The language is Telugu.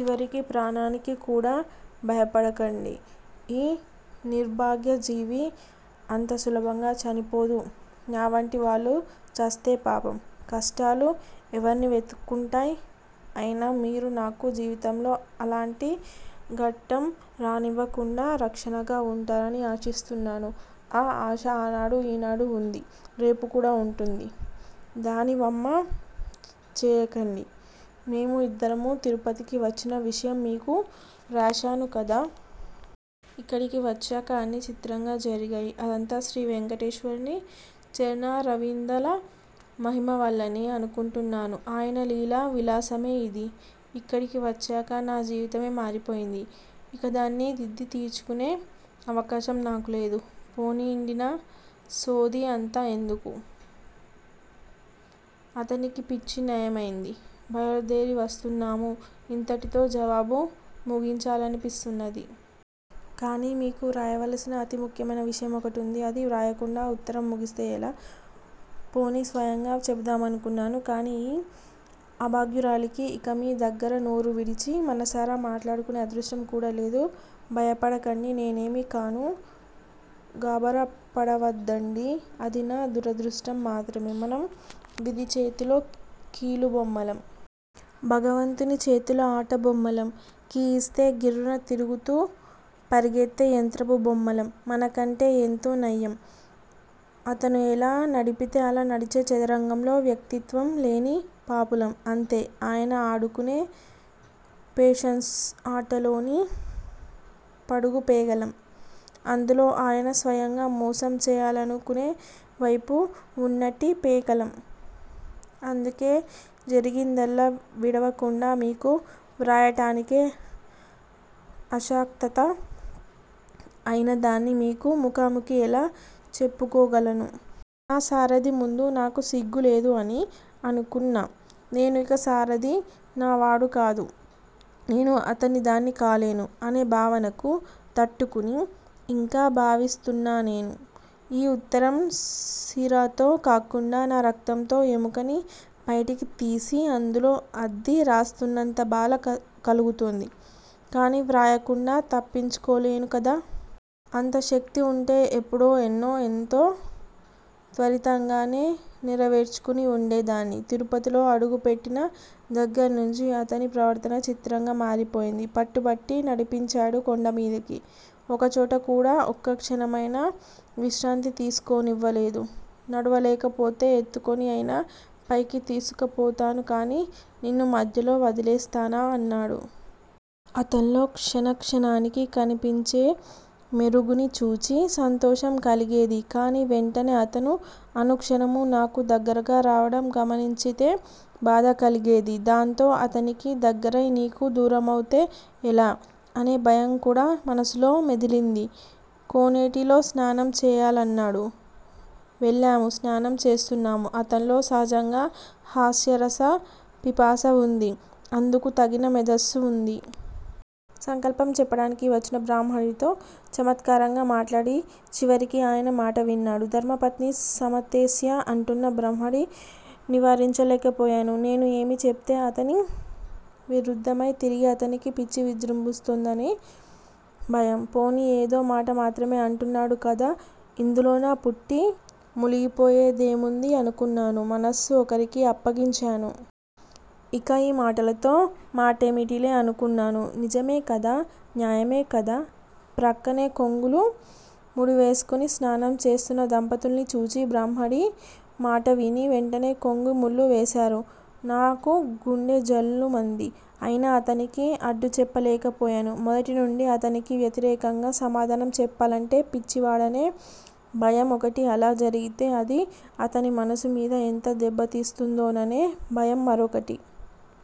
చివరికి ప్రాణానికి కూడా! భయపడకండి-ఈ నిర్భాగ్య జీవి అంతసులభంగా చనిపోదు నావంటివాళ్ళు చస్తే పాపం! కష్టాలు ఎవర్నివెతుక్కుంటాయ్. అయినా మీరు నాకు జీవితంలో అలాంటి ఘట్టంరానివ్వకుండా రక్షణగా వుంటారని ఆశిస్తున్నాను-ఆ ఆశ ఆనాడు ఈనాడూ వుంది-రేపు కూడా వుంటుంది. దానివమ్ము చేయకండి! మేము ఇద్దరమూ తిరుపతికి వచ్చిన విషయం మీకు రాశానుకదా? ఇక్కడికి వచ్చాక అన్నీ చిత్రంగా జరిగాయి. అదంతా శ్రీవేంకటేశ్వరుని చరణారవిందాల మహిమవల్లనే అనుకుంటున్నాను. ఆయన లీలా విలాసమే ఇది. ఇక్కడికివచ్చాక నా జీవితమే మారిపోయింది. ఇకధాన్ని దిద్ది తీర్చుకునే అవకాశం నాకులేదు- పోనీండినా సోది అంతా ఎందుకు? అతనికి పిచ్చి నయమైంది. బయలుదేరివస్తున్నాము ఇంతటితో జాబు ముగించాలనిపిస్తున్నది. కానీ-మీకు వ్రాయవలసిన అతి ముఖ్యమైన విషయం ఒకటుంది. అది వ్రాయకుండా ఉత్తరంముగిస్తే ఎలా? పోనీ స్వయంగా చెపుదామనుకున్నాను. కానీ ఈ అభాగ్యురాలికి ఇక మీ దగ్గరనోరువిడిచి మనసారా మాట్లాడుకునే అదృష్టం కూడా లేదు. భయపడకండి. నేనేమీ కాను. గాబరాపడవద్దండి అది నా దురదృష్టం మాత్రమే. మనం విధి చేతిలోకీలు బొమ్మలం. భగవంతునిచేతిలో ఆటబొమ్మలం. కీఇస్తే గిర్రున తిరుగుతూపరుగెత్తే యంత్రపు బొమ్మలు మనకంటే ఎంతో నయం. అతను ఎలా నడిపితే అలా నడిచే చదరంగంలో వ్యక్తిత్వం లేని పాపులం. అంతే! ఆయన ఆడుకునే పేషన్స్ ఆటలోని పడుగుపేగలం. అందులో ఆయన స్వయంగా మోసం చేయాలనుకునేవైపు వున్నట్టిపేకలం. అందుకే జరిగిందల్లా విడువకుండా మీకు వ్రాయటానికే అశక్తత అయిన దాన్ని మీకు ముఖాముఖి ఎలా చెప్పుకోగలను? నాసారధి ముందు నాకు సిగ్గులేదు అని అనుకున్న నేను ఇక సారధి నా వాడుకాదు-నేను అతనిదాన్ని కాలేను అనేభావనకు తట్టుకుని ఇంకా జీవిస్తున్నాన్నేను. ఈ ఉత్తరం సిరాతో కాకుండా నా రక్తంతో ఎముకని బయటికి తీసి అందులో అద్ది రాస్తున్నంత బాధ కలుగుతోంది. కానీవ్రాయకుండా తప్పించుకోలేనుకదా? అంత శక్తి వుంటే ఎప్పుడో ఎన్నో ఎంతో త్వరితంగానే నెరవేర్చుకుని వుండేదాన్ని. తిరుపతిలో అడుగు పెట్టిన దగ్గర్నించీ అతని ప్రవర్తన చిత్రంగా మారిపోయింది. పట్టుబట్టి నడిపించాడు కొండమీదికి. ఒకచోటకూడా ఒక్కక్షణమైనా విశ్రాంతితీసుకోనివ్వలేదు. నడువలేకపోతే ఎత్తుకుని అయినా పైకి తీసుకపోతాను కానీ నిన్ను మధ్యలో వదిలేస్తానా అన్నాడు. అతన్లో క్షణ క్షణానికి కనిపించేమెరుగుని చూచి సంతోషంకలిగేది. కానీ-వెంటనే అతను అనుక్షణమూ నాకు దగ్గరగా రావటం గమనించితే బాధకలిగేది-- దాంతో అతనికి దగ్గరై నీకు దూరమౌతే ఎలా? అనే భయంకూడా మనసులో మెదిలింది. కోనేటిలోస్నానం చేయాలన్నాడు. వెళ్ళాము స్నానంచేస్తున్నాము. అతన్లో సహజంగా హాస్యరసపిపాస వుంది. అందుకు తగిన మేధస్సు వుంది. సంకల్పం చెప్పటానికి వచ్చిన బ్రాహ్మడితో చమత్కారంగా మాట్లాడిచివరికి ఆయన మాటవిన్నాడు. ధర్మపత్ని సమేతస్య అంటున్న బ్రాహ్మడి నివారించలేకపోయాను. నేను ఏమి చెప్తే అతని విరుద్దమై తిరిగి అతనికి పిచ్చివిజ్రుంభిస్తుందోనని భయం. పోనీ ఏదో మాట మాత్రమే అంటున్నాడు కదా? ఇందులోనా పుట్టి ములిగిపోయేదేముంది అనుకున్నాను. మనస్సు ఒకరికి అప్పగించాను. ఇక ఈ మాటలతో మాటేమిటిలే అనుకున్నాను. నిజమేకదా? న్యాయమే కదా? ప్రక్కనే కొంగులు ముడివేసుకుని స్నానం చేస్తున్నదంపతుల్ని చూచి బ్రాహ్మడి మాటవిని వెంటనే కొంగు ముళ్ళువేశారు. నాకుగుండె ఝల్లుమంది అయినా అతనికి అడ్డుచెప్పలేకపోయాను. మొదటినుండి అతనికి వ్యతిరేకంగా సమాధానం చెప్పాలంటే పిచ్చివాడనే భయం ఒకటి అలా జరిగితే అది అతని మనసు మీద ఎంత దెబ్బతీస్తుందోననే భయం మరొకటి.